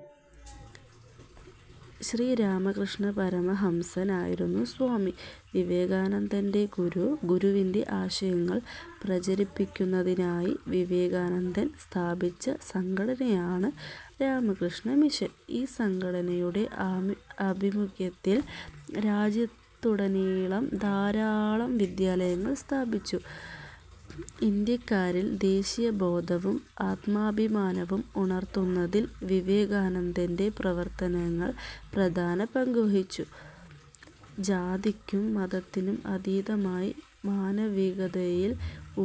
" ശ്രീരാമകൃഷ്ണപരമ ഹംസൻ ആയിരുന്നു സ്വാമി വിവേകാനന്ദന്റെ ഗുരു. ഗുരുവിന്റെ ആശയങ്ങൾ പ്രചരിപ്പിക്കുന്നതിനായി വിവേകാനന്ദൻ സ്ഥാപിച്ച സംഘടനയാണ് രാമകൃഷ്ണ മിഷൻ. ഈ സംഘടനയുടെ ആഭിമുഖ്യത്തിൽ രാജ്യത്തുടനീളം ധാരാളം വിദ്യാലയങ്ങൾ സ്ഥാപിച്ചു. ഇന്ത്യക്കാരിൽ ദേശീയബോധവും ആത്മാഭിമാനവും ഉണർത്തുന്നതിൽ വിവേകാനന്ദന്റെ പ്രവർത്തനങ്ങൾ പ്രധാന പങ്കുവഹിച്ചു. ജാതിക്കും മതത്തിനും അതീതമായി മാനവികതയിൽ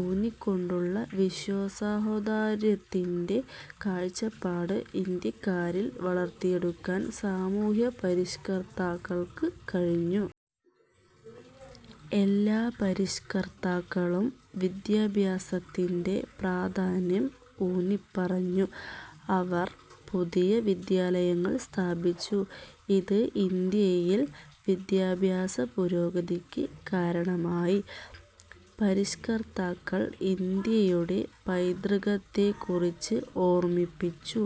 ഊന്നിക്കൊണ്ടുള്ള വിശ്വസാഹോദര്യത്തിന്റെ കാഴ്ചപ്പാട് ഇന്ത്യക്കാരിൽ വളർത്തിയെടുക്കാൻ സാമൂഹ്യപരിഷ്കർത്താക്കൾക്ക് കഴിഞ്ഞു. എല്ലാ പരിഷ്കർത്താക്കളും വിദ്യാഭ്യാസത്തിന്റെ പ്രാധാന്യം ഊന്നിപ്പറഞ്ഞു. അവർ പുതിയ വിദ്യാലയങ്ങൾ സ്ഥാപിച്ചു. ഇത് ഇന്ത്യയിൽ വിദ്യാഭ്യാസപുരോഗതിക്ക് കാരണമായി. പരിഷ്കർത്താക്കൾ ഇന്ത്യയുടെ പൈതൃകത്തെക്കുറിച്ച് ഓർമ്മിപ്പിച്ചു.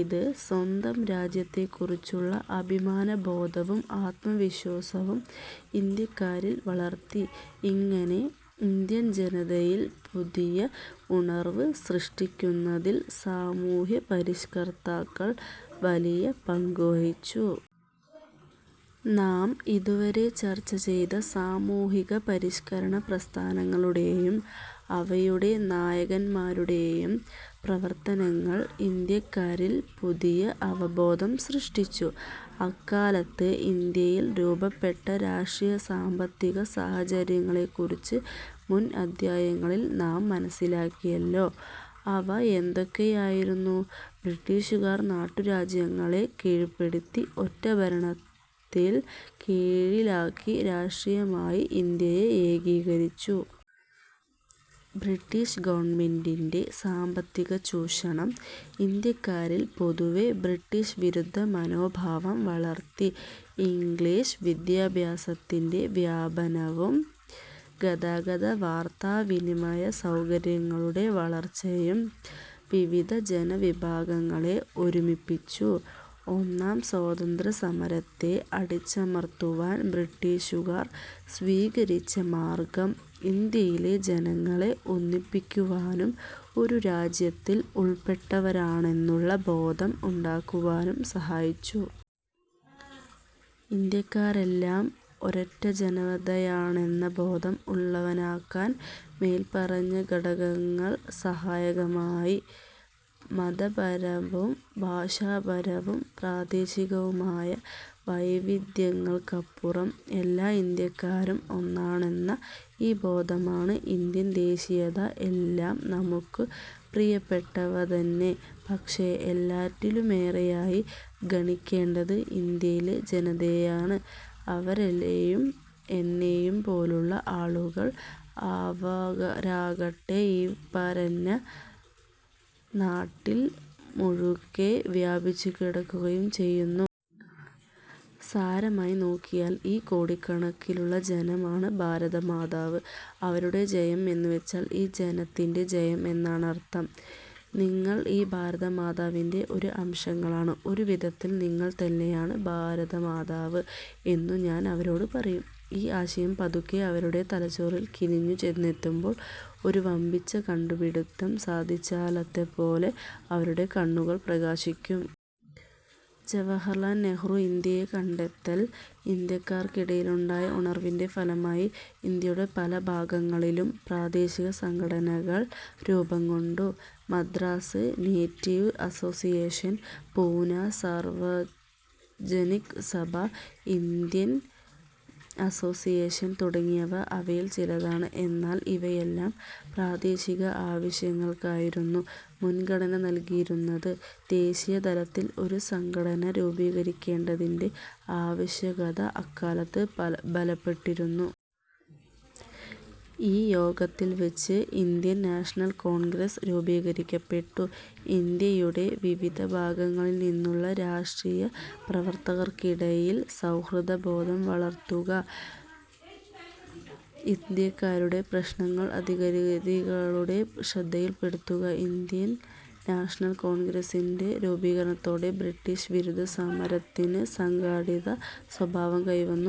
ഇത് സ്വന്തം രാജ്യത്തെക്കുറിച്ചുള്ള അഭിമാനബോധവും ആത്മവിശ്വാസവും ഇന്ത്യക്കാരിൽ വളർത്തി. ഇങ്ങനെ ഇന്ത്യൻ ജനതയിൽ പുതിയ ഉണർവ് സൃഷ്ടിക്കുന്നതിൽ സാമൂഹ്യപരിഷ്കർത്താക്കൾ വലിയ പങ്കുവഹിച്ചു. നാം ഇതുവരെ ചർച്ച ചെയ്ത സാമൂഹിക പരിഷ്കരണ പ്രസ്ഥാനങ്ങളുടെയും അവയുടെ നായകൻമാരുടെയും പ്രവർത്തനങ്ങൾ ഇന്ത്യാക്കാരിൽ പുതിയ അവബോധം സൃഷ്ടിച്ചു. അക്കാലത്ത് ഇന്ത്യയിൽ രൂപപ്പെട്ട രാഷ്ട്രീയ-സാമ്പത്തിക സാഹചര്യങ്ങളെക്കുറിച്ച് മുൻ അധ്യായങ്ങളിൽ നാം മനസ്സിലാക്കിയല്ലോ. അവ എന്തൊക്കെയായിരുന്നു? ബ്രിട്ടീഷുകാർ നാട്ടുരാജ്യങ്ങളെ കീഴ്പ്പെടുത്തി ഒറ്റ ഭരണത്തിൻ കീഴിലാക്കി രാഷ്ട്രീയമായി ഇന്ത്യയെ ഏകീകരിച്ചു. ബ്രിട്ടീഷ് ഗവൺമെന്റിന്റെ സാമ്പത്തിക ചൂഷണം ഇന്ത്യക്കാരിൽ പൊതുവെ ബ്രിട്ടീഷ് വിരുദ്ധ മനോഭാവം വളർത്തി. ഇംഗ്ലീഷ് വിദ്യാഭ്യാസത്തിന്റെ വ്യാപനവും ഗതാഗത-വാർത്താവിനിമയ സൗകര്യങ്ങളുടെ വളർച്ചയും വിവിധ ജനവിഭാഗങ്ങളെ ഒരുമിപ്പിച്ചു. ഒന്നാം സ്വാതന്ത്ര്യസമരത്തെ അടിച്ചമർത്തുവാൻ ബ്രിട്ടീഷുകാർ സ്വീകരിച്ച മാർഗ്ഗം ഇന്ത്യയിലെ ജനങ്ങളെ ഒന്നിപ്പിക്കുവാനും ഒരു രാജ്യത്തിൽ ഉൾപ്പെട്ടവരാണെന്നുള്ള ബോധം ഉണ്ടാക്കുവാനും സഹായിച്ചു. ഇന്ത്യക്കാരെല്ലാം ഒരൊറ്റ ജനതയാണെന്ന ബോധം ഉളവാക്കാൻ മേൽപ്പറഞ്ഞ ഘടകങ്ങൾ സഹായകമായി. മതപരവും ഭാഷാപരവും പ്രാദേശികവുമായ വൈവിധ്യങ്ങൾക്കപ്പുറം എല്ലാ ഇന്ത്യാക്കാരും ഒന്നാണെന്ന ഈ ബോധമാണ് ഇന്ത്യൻ ദേശീയത. എല്ലാം നമുക്കു പ്രിയപ്പെട്ടവതന്നെ. പക്ഷേ എല്ലാറ്റിലുമേറെയായി ഗണിക്കേണ്ടത് ഇന്ത്യയിലെ ജനതയെയാണ്. അവരെയും എന്നെയും പോലുള്ള ആളുകൾ. അവരാകട്ടെ ഈ പരന്ന നാട്ടിൽ മുഴുക്കെ വ്യാപിച്ചു കിടക്കുകയും ചെയ്യുന്നു. സാരമായി നോക്കിയാൽ ഈ കോടിക്കണക്കിലുള്ള ജനമാണ് ഭാരതമാതാവ്. അവരുടെ ജയം എന്നുവെച്ചാൽ ഈ ജനത്തിന്റെ ജയം എന്നാണർത്ഥം. നിങ്ങൾ ഈ ഭാരതമാതാവിന്റെ അംശങ്ങളാണ്. ഒരു വിധത്തിൽ നിങ്ങൾ തന്നെയാണ് ഭാരതമാതാവ് എന്നു ഞാൻ അവരോടു പറയും. ഈ ആശയം പതുക്കെ അവരുടെ തലച്ചോറിൽ കിനിഞ്ഞു ചെന്നെത്തുമ്പോൾ, ഒരു വമ്പിച്ച കണ്ടുപിടിത്തം സാധിച്ചാലത്തെപ്പോലെ അവരുടെ കണ്ണു കൾ പ്രകാശിക്കും. ജവഹർലാൽ നെഹ്റു ഇന്ത്യയെ കണ്ടെത്തൽ ഇന്ത്യക്കാർക്കിടയിലുണ്ടായ ഉണർവിന്റെ ഫലമായി ഇന്ത്യയുടെ പല ഭാഗങ്ങളിലും പ്രാദേശിക സംഘടനകൾ രൂപംകൊണ്ടു. Madras native association, Poona Sarvajanik Sabha, Indian association തുടങ്ങിയവ അവയിൽ ചിലതാണ്. എന്നാൽ ഇവയെല്ലാം പ്രാദേശിക ആവശ്യങ്ങൾക്കായിരുന്നു മുൻഗണന നൽകിയിരുന്നത്. ദേശീയതലത്തിൽ ഒരു സംഘടന രൂപീകരിക്കേണ്ടതിന്റെ ആവശ്യകത അക്കാലത്ത് ബലപ്പെട്ടിരുന്നു. ഈ യോഗത്തിൽ വച്ച് ഇന്ത്യൻ നാഷണൽ കോൺഗ്രസ് രൂപീകരിക്കപ്പെട്ടു. ഇന്ത്യയുടെ വിവിധ ഭാഗങ്ങളിൽനിന്നുള്ള രാഷ്ട്രീയ പ്രവർത്തകർക്കിടയിൽ സൗഹൃദ ബോധം വളർത്തുക. ജാതി-മത-പ്രാദേശിക ചിന്തകൾക്കതീതമായി ദേശീയബോധം വളർത്തുക. ഇന്ത്യക്കാരുടെ പ്രശ്നങ്ങൾ അധികാരികളുടെ ശ്രദ്ധയിൽപ്പെടുത്തുക. ഇന്ത്യൻ നാഷണൽ കോൺഗ്രസിന്റെ രൂപീകരണത്തോടെ ബ്രിട്ടീഷ് വിരുദ്ധ സമരത്തിന് സംഘടിത സ്വഭാവം കൈവന്നു.